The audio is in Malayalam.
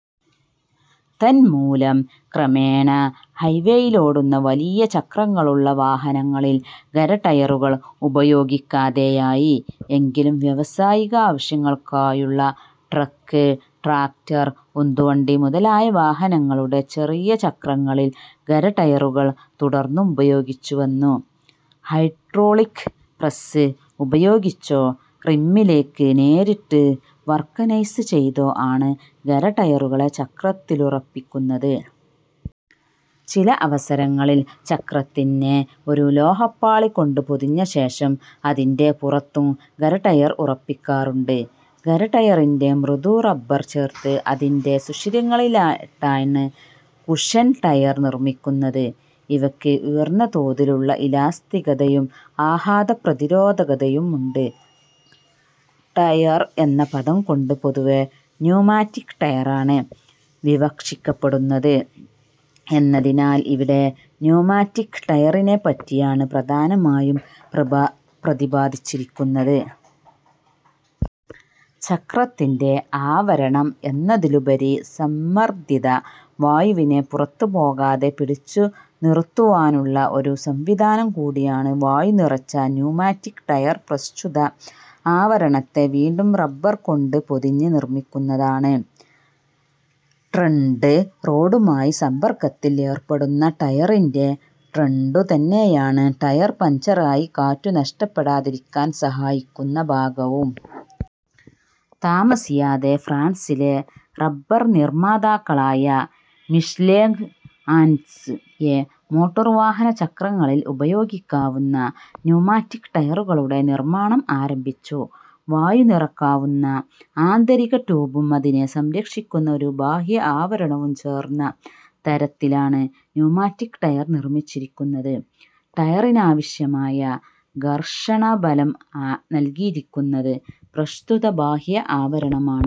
തന്മൂലം ക്രമേണ ഹൈവേയിലോടുന്ന വലിയ ചക്രങ്ങളുള്ള വാഹനങ്ങളിൽ ഖര ടയറുകൾ ഉപയോഗിക്കാതെയായി. എങ്കിലും വ്യാവസായികാവശ്യങ്ങൾക്കായുള്ള ട്രക്ക്, ട്രാക്ക്റ്റർ, ഉന്തുവണ്ടി മുതലായ വാഹനങ്ങളുടെ ചെറിയ ചക്രങ്ങളിൽ ഖര ടയറുകൾ തുടർന്നും ഉപയോഗിച്ചു വന്നു. ഹൈഡ്രോളിക് പ്രസ്സ് ഉപയോഗിച്ചോ റിമ്മിലേക്ക് നേരിട്ട് വൾക്കനൈസ് ചെയ്തോ ആണ് ഖര ടയറുകളെ ചക്രത്തിലുറപ്പിക്കുന്നത്. ചില അവസരങ്ങളിൽ ചക്രത്തിനെ ഒരു ലോഹ പാളി കൊണ്ട് പൊതിഞ്ഞശേഷം അതിന്റെ പുറത്തും ഖര ടയർ ഉറപ്പിക്കാറുണ്ട്. ഖര ടയറിൽ മൃദു റബർ ചേർത്ത് അതിൽ സുഷിരങ്ങളിട്ടാണ് കുഷൻ ടയർ നിർമ്മിക്കുന്നത്. ഇവയ്ക്ക് ഉയർന്ന തോതിലുള്ള ഇലാസ്തികതയും ആഘാത പ്രതിരോധകതയും ഉണ്ട്. ടയർ എന്ന പദംകൊണ്ട് പൊതുവേ ന്യൂമാറ്റിക് ടയറാണ് വിവക്ഷിക്കപ്പെടുന്നത് എന്നതിനാൽ ഇവിടെ ന്യൂമാറ്റിക് ടയറിനെപ്പറ്റിയാണ് പ്രധാനമായും പ്രതിപാദിച്ചിരിക്കുന്നത്. ചക്രത്തിന്റെ ആവരണം എന്നതിലുപരി സമ്മർദ്ദിത വായുവിനെ പുറത്തു പോകാതെ പിടിച്ചു നിറുത്തുവാനുള്ള ഒരു സംവിധാനം കൂടിയാണ് വായു നിറച്ച ന്യൂമാറ്റിക് ടയർ. പ്രസ്തുത ആവരണത്തെ വീണ്ടും റബർ കൊണ്ട് പൊതിഞ്ഞ് നിർമ്മിക്കുന്നതാണ് ട്രെഡ്ഡ്. റോഡുമായി സമ്പർക്കത്തിൽ ഏർപ്പെടുന്ന ടയറിന്റെ ട്രെഡ്ഡു തന്നെയാണ് ടയർ പഞ്ചറായി കാറ്റു നഷ്ടപ്പെടാതിരിക്കാൻ സഹായിക്കുന്ന ഭാഗവും. താമസിയാതെ ഫ്രാൻസിലെ റബർ നിർമ്മാതാക്കളായ മീഷ്ലേങ് ആൻഡ് സ് യെ മോട്ടോർ വാഹന ചക്രങ്ങളിൽ ഉപയോഗിക്കാവുന്ന ന്യൂമാറ്റിക് ടയറുകളുടെ നിർമ്മാണം ആരംഭിച്ചു. വായു നിറയ്ക്കാവുന്ന ആന്തരിക ട്യൂബും അതിനെ സംരക്ഷിക്കുന്ന ഒരു ബാഹ്യ ആവരണവും ചേർന്ന തരത്തിലാണ് ന്യുമാറ്റിക് ടയർ നിർമിച്ചിരുന്നത്. ടയറിനാവശ്യമായ ഘർഷണ ബലം നൽകിയിരുന്നത് പ്രസ്തുത ബാഹ്യ ആവരണമാണ്.